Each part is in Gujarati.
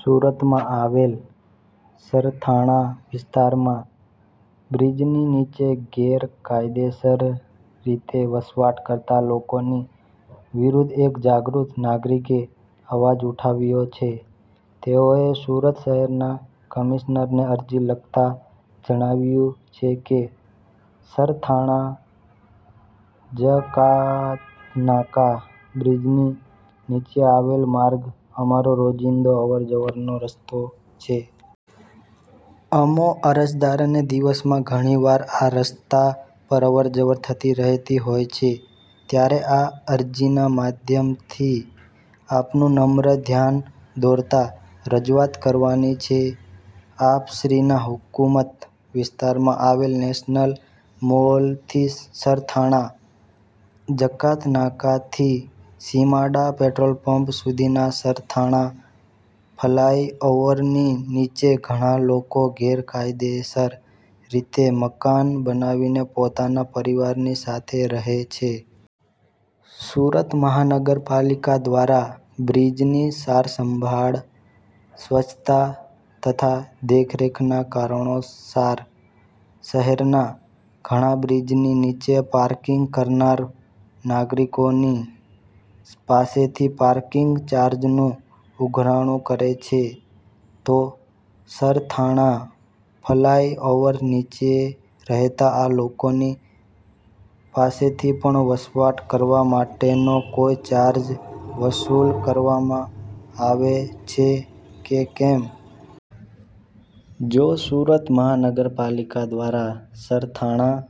સુરતમાં આવેલ સરથાણા વિસ્તારમાં બ્રિજની નીચે ગેરકાયદેસર રીતે વસવાટ કરતાં લોકોની વિરુદ્ધ એક જાગૃત નાગરિકે અવાજ ઉઠાવ્યો છે. તેઓએ સુરત શહેરના કમિશનરને અરજી લખતા જણાવ્યું છે કે, સરથાણા જકાતનાકા બ્રીજની નીચે આવેલ માર્ગ અમારો રોજિંદો અવર-જવરનો રસ્તો છે. અમો અરજદારને દિવસમાં ઘણીવાર આ રસ્તા પર અવર-જવર થતી રહેતી હોય છે ત્યારે આ અરજીના માધ્યમથી આપનું નમ્ર ધ્યાન દોરતા રજૂઆત કરવાની છે. આપશ્રીના હકૂમત વિસ્તારમાં આવેલ નેશનલ મોલથી સરથાણા જકાતનાકાથી સીમાડા પેટ્રોલપંપ સુધીના સરથાણા ફલાય ઓવરની નીચે ઘણા લોકો ગેરકાયદેસર રીતે મકાન બનાવીને પોતાના પરિવારની સાથે રહે છે. સુરત મહાનગરપાલિકા દ્વારા બ્રિજની સારસંભાળ, સ્વચ્છતા તથા દેખરેખના કારણોસાર શહેરના ઘણાં બ્રિજની નીચે પાર્કિંગ કરનાર નાગરિકોની પાસેથી પાર્કિંગ ચાર્જનું ઉઘરાણું કરે છે તો સરથાણા ફલાય ઓવર નીચે રહેતા આ લોકોની પાસેથી પણ વસવાટ કરવા માટેનો કોઈ ચાર્જ વસૂલ કરવામાં આવે છે કે કેમ? જો સુરત મહાનગરપાલિકા દ્વારા સરથાણા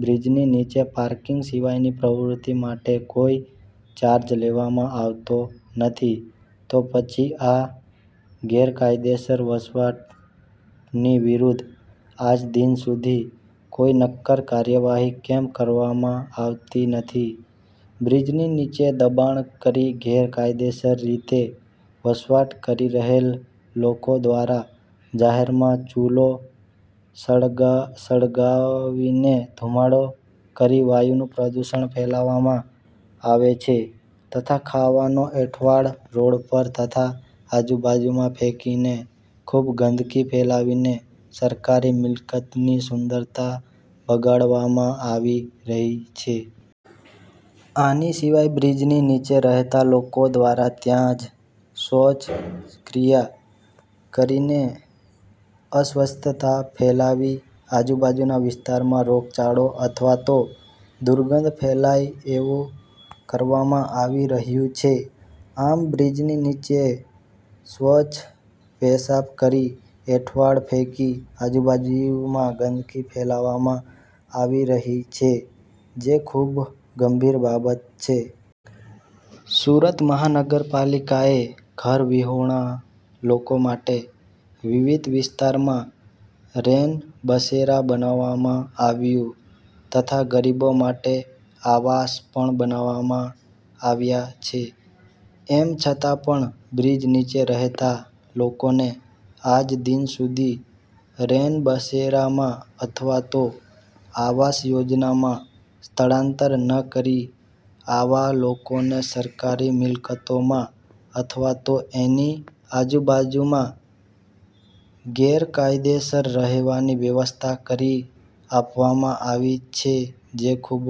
બ્રિજની નીચે પાર્કિંગ સિવાયની પ્રવૃતિ માટે કોઈ ચાર્જ લેવામા આવતો નથી તો પછી આ ગેરકાયદેસર વસવાટની વિરુદ્ધ આજદિન સુધી કોઈ નક્કર કાર્યવાહી કેમ કરવામાં આવતી નથી? બ્રિજની નીચે દબાણ કરી ગેરકાયદેસર રીતે વસવાટ કરી રહેલ લોકો દ્વારા જાહેરમાં ચુલો સળગાવીને ધુમાડો કરી વાયુનું પ્રદૂષણ ફેલાવવામાં આવે છે તથા ખાવાનો એંઠવાડ રોડ પર તથા આજુબાજુમાં ફેંકીને ખુબ ગંદકી ફેલાવીને સરકારી મિલકતની સુંદરતા બગાડવામાં આવી રહી છે. આની સિવાય બ્રિજની નીચે રહેતા લોકો દ્વારા ત્યાં જ શૌચક્રિયા કરીને અસ્વચ્છતા ફેલાવી આજુબાજુના વિસ્તારમાં રોગચાળો અથવા તો દુર્ગંધ ફેલાય એવું કરવામાં આવી રહ્યું છે. આમ, બ્રિજની નીચે શૌચ-પેશાબ કરી, એંઠવાડ ફેંકી આજુબાજુમાં ગંદકી ફેલાવવામાં આવી રહી છે જે ખુબ ગંભીર બાબત છે. સુરત મહાનગરપાલિકાએ ઘરવિહોણા લોકો માટે વિવિધ વિસ્તારમાં રેન બસેરા બનાવવામાં આવ્યુ તથા ગરીબો માટે આવાસ પણ બનાવવામાં આવ્યા છે. એમ છતાં પણ બ્રિજ નીચે રહેતા લોકોને આજદિન સુધી રેનબસેરામાં અથવા તો આવાસ યોજનામાં સ્થળાંતર ન કરી, આવા લોકોને સરકારી મિકલતોમાં અથવા તો એની આજુબાજુમાં ગેરકાયદેસર રહેવાની વ્યવસ્થા કરી આપવામાં આવી છે જે ખુબ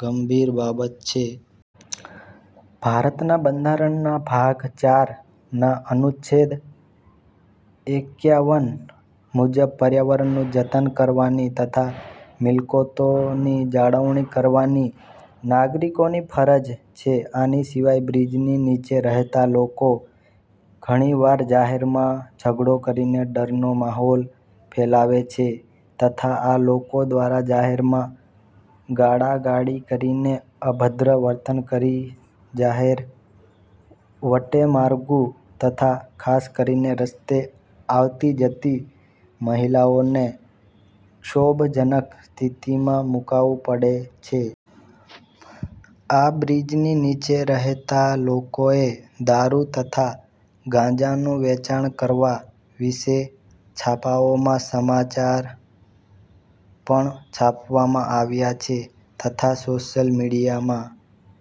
ગંભીર બાબત છે. ભારતના બંધારણના ભાગ ચાર ના અનુચ્છેદ એક્યાવન મુજબ પર્યાવરણનું જતન કરવાની તથા મિલકતોની જાળવણી કરવાની નાગરિકોની ફરજ છે. આની સિવાય બ્રિજની નીચે રહેતાં લોકો ઘણીવાર જાહેરમાં ઝઘડો કરીને ડરનો માહોલ ફેલાવે છે તથા આ લોકો દ્વારા જાહેરમાં ગાળાગાળી કરીને અભદ્ર વર્તન કરી જાહેર વટેમાર્ગુ તથા ખાસ કરીને રસ્તે આવતી-જતી મહિલાઓને ક્ષોભજનક સ્થિતિમાં મુકાવું પડે છે. આ બ્રિજની નીચે રહેતા લોકોએ દારૂ તથા ગાંજાનું વેચાણ કરવા વિશે છાપાઓમાં સમાચાર પણ છાપવામાં આવ્યાં છે તથા સોશિયલ મીડીયામાં